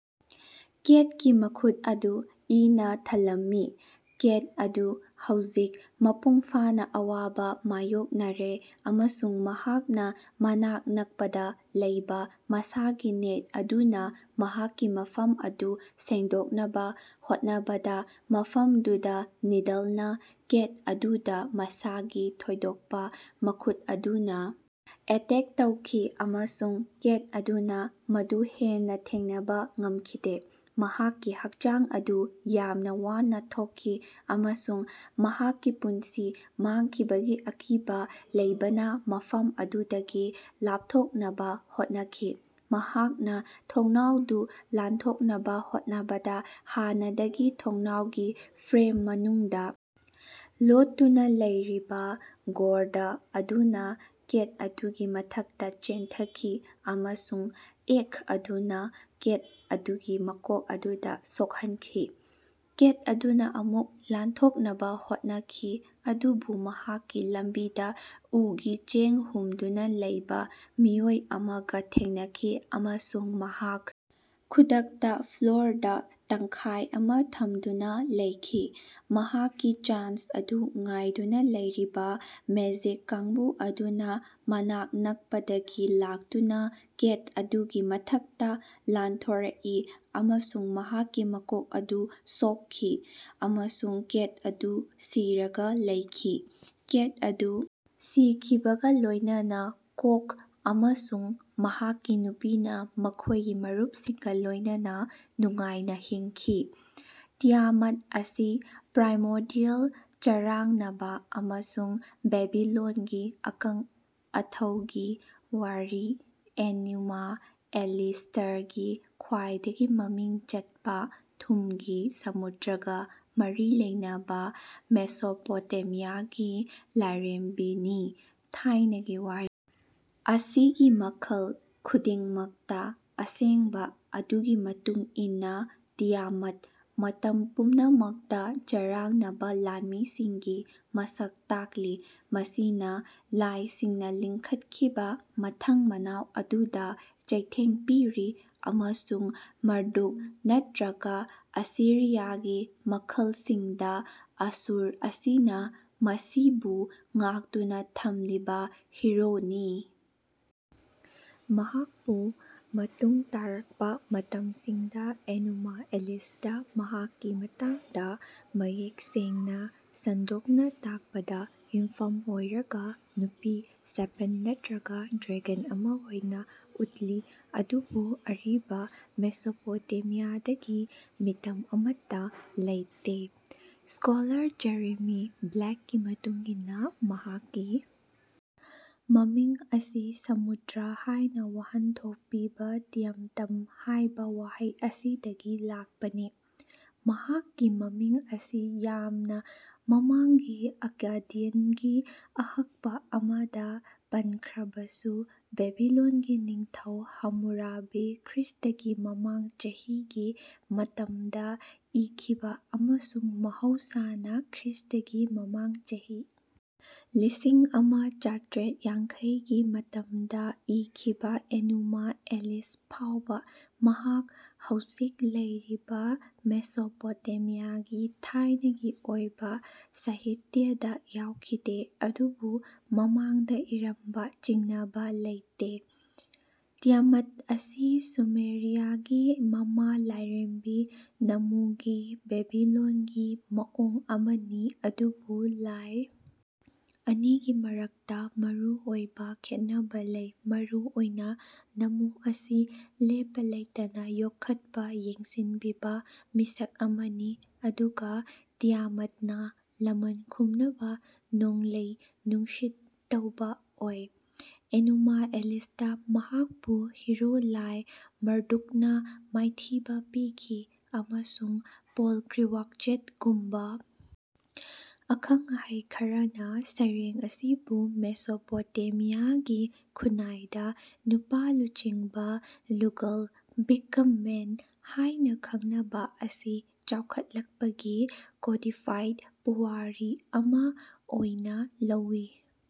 ꯀꯦꯠꯀꯤ ꯃꯈꯨꯠ ꯑꯗꯨ ꯏꯅꯥ ꯊꯜꯂꯝꯃꯤ꯫ ꯀꯦꯠ ꯑꯗꯨ ꯍꯧꯖꯤꯛ ꯃꯄꯨꯡ ꯐꯥꯅꯥ ꯑꯋꯥꯕꯥ ꯃꯥꯌꯣꯛꯅꯔꯦ ꯑꯃꯁꯨꯡ ꯃꯍꯥꯛꯅꯥ ꯃꯅꯥꯛ ꯅꯛꯄꯗꯥ ꯂꯩꯕꯥ ꯃꯁꯥꯒꯤ ꯅꯦꯠ ꯑꯗꯨꯅꯥ ꯃꯍꯥꯛꯀꯤ ꯃꯐꯝ ꯑꯗꯨ ꯁꯦꯡꯗꯣꯛꯅꯕꯥ ꯍꯣꯠꯅꯕꯗꯥ ꯃꯐꯝꯗꯨꯗꯥ ꯅꯤꯗꯜꯅꯥ ꯀꯦꯠ ꯑꯗꯨꯗꯥ ꯃꯁꯥꯒꯤ ꯊꯣꯏꯗꯣꯛꯄꯥ ꯃꯈꯨꯠ ꯑꯗꯨꯅꯥ ꯑꯦꯇꯦꯛ ꯇꯧꯈꯤ ꯑꯃꯁꯨꯡ ꯀꯦꯠ ꯑꯗꯨꯅꯥ ꯃꯗꯨ ꯍꯦꯟꯅꯥ ꯊꯦꯡꯅꯕꯥ ꯉꯝꯈꯤꯗꯦ꯫ ꯃꯍꯥꯛꯀꯤ ꯍꯛꯆꯥꯡ ꯑꯗꯨ ꯌꯥꯝꯅꯥ ꯋꯥꯅꯥ ꯊꯣꯛꯈꯤ ꯑꯃꯁꯨꯡ ꯃꯍꯥꯛꯀꯤ ꯄꯨꯟꯁꯤ ꯃꯥꯡꯈꯤꯕꯒꯤ ꯑꯀꯤꯕꯥ ꯂꯩꯕꯅꯥ ꯃꯐꯝ ꯑꯗꯨꯗꯒꯤ ꯂꯥꯞꯊꯣꯛꯅꯕꯥ ꯍꯣꯠꯅꯈꯤ꯫ ꯃꯍꯥꯛꯅꯥ ꯊꯣꯡꯅꯥꯎꯗꯨ ꯂꯥꯟꯊꯣꯛꯅꯕꯥ ꯍꯣꯠꯅꯕꯗꯥ ꯍꯥꯟꯅꯗꯒꯤ ꯊꯣꯡꯅꯥꯎꯒꯤ ꯐ꯭ꯔꯦꯝ ꯃꯅꯨꯡꯗꯥ ꯂꯣꯠꯇꯨꯅꯥ ꯂꯩꯔꯤꯕꯥ ꯒꯣꯔꯗ ꯑꯗꯨꯅꯥ ꯀꯦꯠ ꯑꯗꯨꯒꯤ ꯃꯊꯛꯇꯥ ꯆꯦꯟꯊꯈꯤ ꯑꯃꯁꯨꯡ ꯑꯦꯛ ꯑꯗꯨꯅꯥ ꯀꯦꯠ ꯑꯗꯨꯒꯤ ꯃꯀꯣꯛ ꯑꯗꯨ ꯁꯣꯛꯍꯟꯈꯤ꯫ ꯀꯦꯠ ꯑꯗꯨꯅꯥ ꯑꯃꯨꯛ ꯂꯥꯟꯊꯣꯛꯅꯕꯥ ꯍꯣꯠꯅꯈꯤ ꯑꯗꯨꯕꯨ ꯃꯍꯥꯛꯀꯤ ꯂꯝꯕꯤꯗꯥ ꯎꯒꯤ ꯆꯦꯡ ꯍꯨꯝꯗꯨꯅꯥ ꯂꯩꯕꯥ ꯃꯤꯑꯣꯏ ꯑꯃꯒꯥ ꯊꯦꯡꯅꯈꯤ ꯑꯃꯁꯨꯡ ꯃꯍꯥꯛ ꯈꯨꯗꯛꯇꯥ ꯐ꯭ꯂꯣꯔꯗꯥ ꯇꯪꯈꯥꯏ ꯑꯃꯥ ꯊꯝꯗꯨꯅꯥ ꯂꯩꯈꯤ꯫ ꯃꯍꯥꯛꯀꯤ ꯆꯥꯟꯁ ꯑꯗꯨ ꯉꯥꯏꯗꯨꯅꯥ ꯂꯩꯔꯤꯕꯥ ꯃꯦꯖꯤꯛ ꯀꯥꯡꯕꯨ ꯑꯗꯨꯅꯥ ꯃꯅꯥꯛ ꯅꯛꯄꯗꯒꯤ ꯂꯥꯛꯇꯨꯅꯥ ꯀꯦꯠ ꯑꯗꯨꯒꯤ ꯃꯊꯛꯇꯥ ꯂꯥꯟꯊꯣꯔꯛꯏ ꯑꯃꯁꯨꯡ ꯃꯍꯥꯛꯀꯤ ꯃꯀꯣꯛ ꯑꯗꯨ ꯁꯣꯛꯈꯤ ꯑꯃꯁꯨꯡ ꯀꯦꯠ ꯑꯗꯨ ꯁꯤꯔꯒꯥ ꯂꯩꯈꯤ꯫ ꯀꯦꯠ ꯑꯗꯨ ꯁꯤꯈꯤꯕꯒꯥ ꯂꯣꯏꯅꯅꯥ ꯀꯣꯛ ꯑꯃꯁꯨꯡ ꯃꯍꯥꯛꯀꯤ ꯅꯨꯄꯤꯅꯥ ꯃꯈꯣꯏꯒꯤ ꯃꯔꯨꯞꯁꯤꯡꯒꯥ ꯂꯣꯏꯅꯅꯥ ꯅꯨꯡꯉꯥꯏꯅꯥ ꯍꯤꯡꯈꯤ꯫ ꯇꯤꯌꯥꯃꯠ ꯑꯁꯤ ꯄ꯭ꯔꯥꯏꯃꯣꯔꯗꯤꯌꯦꯜ ꯆꯔꯥꯡꯅꯕ ꯑꯃꯁꯨꯡ ꯕꯦꯕꯤꯂꯣꯟꯒꯤ ꯑꯀꯟ ꯑꯊꯧꯒꯤ ꯋꯥꯔꯤ ꯑꯦꯅꯨꯃꯥ ꯑꯦꯂꯤꯁꯇꯒꯤ ꯈ꯭ꯋꯥꯏꯗꯒꯤ ꯃꯃꯤꯡ ꯆꯠꯄ ꯊꯨꯝꯒꯤ ꯁꯃꯨꯗ꯭ꯔꯒ ꯃꯔꯤ ꯂꯩꯅꯕ ꯃꯦꯁꯣꯄꯣꯇꯦꯃꯤꯌꯥꯒꯤ ꯂꯥꯏꯔꯦꯝꯕꯤꯅꯤ꯫ ꯊꯥꯏꯅꯒꯤ ꯋꯥꯔꯤ ꯑꯁꯤꯒꯤ ꯃꯈꯜ ꯈꯨꯗꯤꯡꯃꯛꯇ ꯑꯁꯦꯡꯕ ꯑꯗꯨꯒꯤ ꯃꯇꯨꯡ ꯏꯟꯅ ꯇꯤꯌꯥꯃꯠꯅ ꯃꯇꯝ ꯄꯨꯝꯅꯃꯛꯇ ꯆꯔꯥꯡꯅꯕ ꯂꯥꯟꯃꯤꯁꯤꯡꯒꯤ ꯃꯁꯛ ꯇꯥꯛꯂꯤ ꯃꯁꯤꯅ ꯂꯥꯏꯁꯤꯡꯅ ꯂꯤꯡꯈꯠꯈꯤꯕ ꯃꯊꯪ ꯃꯅꯥꯎ ꯑꯗꯨꯗ ꯆꯩꯊꯦꯡ ꯄꯤꯔꯤ ꯑꯃꯁꯨꯡ ꯃꯥꯔꯗꯨꯛ ꯅꯠꯇ꯭ꯔꯒ ꯑꯁꯤꯔꯤꯌꯥꯒꯤ ꯃꯈꯜꯁꯤꯡꯗ ꯑꯁꯨꯔ ꯑꯁꯤꯅ ꯃꯁꯤꯕꯨ ꯉꯥꯛꯇꯨꯅ ꯊꯝꯂꯤꯕ ꯍꯤꯔꯣꯅꯤ꯫ ꯃꯍꯥꯛꯄꯨ ꯃꯇꯨꯡ ꯇꯥꯔꯛꯄ ꯃꯇꯝꯁꯤꯡꯗ ꯑꯦꯅꯨꯃꯥ ꯑꯦꯂꯤꯁꯇ ꯃꯍꯥꯛꯀꯤ ꯃꯇꯥꯡꯗ ꯃꯌꯦꯛ ꯁꯦꯡꯅ ꯁꯟꯗꯣꯛꯅ ꯇꯥꯛꯄꯗ ꯌꯨꯝꯐꯝ ꯑꯣꯏꯔꯒ ꯅꯨꯄꯤ ꯁꯥꯄꯟ ꯅꯠꯇ꯭ꯔꯒ ꯗ꯭ꯔꯦꯒꯟ ꯑꯃ ꯑꯣꯏꯅ ꯎꯠꯂꯤ ꯑꯗꯨꯕꯨ ꯑꯔꯤꯕ ꯃꯦꯁꯣꯄꯣꯇꯦꯃꯤꯌꯥꯗꯒꯤ ꯃꯤꯇꯝ ꯑꯃꯠꯇ ꯂꯩꯇꯦ꯫ ꯁ꯭ꯀꯣꯂꯔ ꯖꯦꯔꯦꯃꯤ ꯕ꯭ꯂꯦꯛꯀꯤ ꯃꯇꯨꯡ ꯏꯟꯅ ꯃꯍꯥꯛꯀꯤ ꯃꯃꯤꯡ ꯑꯁꯤ ꯁꯃꯨꯗ꯭ꯔ ꯍꯥꯏꯅ ꯋꯥꯍꯟꯊꯣꯛ ꯄꯤꯕ ꯇꯤꯌꯥꯝꯇꯝ ꯍꯥꯏꯕ ꯋꯥꯍꯩ ꯑꯁꯤꯗꯒꯤ ꯂꯥꯛꯄꯅꯤ꯫ ꯃꯍꯥꯛꯀꯤ ꯃꯃꯤꯡ ꯑꯁꯤ ꯌꯥꯝꯅ ꯃꯃꯥꯡꯒꯤ ꯑꯛꯀꯥꯗꯤꯌꯟꯒꯤ ꯑꯍꯛꯄ ꯑꯃꯗ ꯄꯟꯈ꯭ꯔꯕꯁꯨ, ꯕꯦꯕꯤꯂꯣꯟꯒꯤ ꯅꯤꯡꯊꯧ ꯍꯝꯃꯨꯔꯥꯕꯤ ꯈ꯭ꯔꯤꯁ꯭ꯇꯒꯤ ꯃꯃꯥꯡ ꯆꯍꯤꯒꯤ ꯃꯇꯝꯗ ꯏꯈꯤꯕ ꯑꯃꯁꯨꯡ ꯃꯍꯧꯁꯥꯅ ꯈ꯭ꯔꯤꯁ꯭ꯇꯒꯤ ꯃꯃꯥꯡ ꯆꯍꯤ ꯂꯤꯁꯤꯡ ꯑꯃ ꯆꯥꯇ꯭ꯔꯦꯠ ꯌꯥꯡꯈꯩꯒꯤ ꯃꯇꯝꯗ ꯏꯈꯤꯕ ꯑꯦꯅꯨꯃꯥ ꯑꯦꯂꯤꯁ ꯐꯥꯎꯕ ꯃꯍꯥꯛ ꯍꯧꯖꯤꯛ ꯂꯩꯔꯤꯕ ꯃꯦꯁꯣꯄꯣꯇꯦꯃꯤꯌꯥꯒꯤ ꯊꯥꯏꯅꯒꯤ ꯑꯣꯏꯕ ꯁꯥꯍꯤꯇ꯭ꯌꯗ ꯌꯥꯎꯈꯤꯗꯦ ꯑꯗꯨꯕꯨ ꯃꯃꯥꯡꯗ ꯏꯔꯝꯕ ꯆꯤꯡꯅꯕ ꯂꯩꯇꯦ꯫ ꯇꯤꯌꯥꯃꯠ ꯑꯁꯤ ꯁꯨꯃꯦꯔꯤꯌꯥꯒꯤ ꯃꯃꯥ ꯂꯥꯏꯔꯦꯝꯕꯤ ꯅꯥꯝꯃꯨꯒꯤ ꯕꯦꯕꯤꯂꯣꯟꯒꯤ ꯃꯑꯣꯡ ꯑꯃꯅꯤ ꯑꯗꯨꯕꯨ ꯂꯥꯏ ꯑꯅꯤꯒꯤ ꯃꯔꯛꯇ ꯃꯔꯨꯑꯣꯏꯕ ꯈꯦꯠꯅꯕ ꯂꯩ ꯃꯔꯨꯑꯣꯏꯅ ꯅꯝꯃꯨ ꯑꯁꯤ ꯂꯦꯞꯄ ꯂꯩꯇꯅ ꯌꯣꯛꯈꯠꯄ ꯌꯦꯡꯁꯤꯟꯕꯤꯕ ꯃꯤꯁꯛ ꯑꯃꯅꯤ ꯑꯗꯨꯒ ꯇꯤꯌꯥꯃꯠꯅ ꯂꯃꯟ ꯈꯨꯝꯅꯕ ꯅꯣꯡꯂꯩ ꯅꯨꯡꯁꯤꯠ ꯇꯧꯕ ꯑꯣꯏ꯫ ꯑꯦꯅꯨꯃꯥ ꯑꯦꯂꯤꯁꯇ ꯃꯍꯥꯛꯄꯨ ꯍꯤꯔꯣ ꯂꯥꯏ ꯃꯥꯔꯗꯨꯛꯅ ꯃꯥꯏꯊꯤꯕ ꯄꯤꯈꯤ ꯑꯃꯁꯨꯡ ꯄꯣꯜ ꯀ꯭ꯔꯤꯋꯥꯛꯖꯦꯛꯒꯨꯝꯕ ꯑꯈꯪ ꯑꯍꯩ ꯈꯔꯅ ꯁꯩꯔꯦꯡ ꯑꯁꯤꯕꯨ ꯃꯦꯁꯣꯄꯣꯇꯦꯃꯤꯌꯥꯒꯤ ꯈꯨꯟꯅꯥꯏꯗ ꯅꯨꯄꯥ ꯂꯨꯆꯤꯡꯕ ꯂꯨꯒꯥꯜ ꯕꯤꯒ ꯃꯦꯟ ꯍꯥꯏꯅ ꯈꯪꯅꯕ ꯑꯁꯤ ꯆꯥꯎꯈꯠꯂꯛꯄꯒꯤ ꯀꯣꯗꯤꯐꯥꯏꯗ ꯄꯨꯋꯥꯔꯤ ꯑꯃ ꯑꯣꯏꯅ ꯂꯧꯋꯤ꯫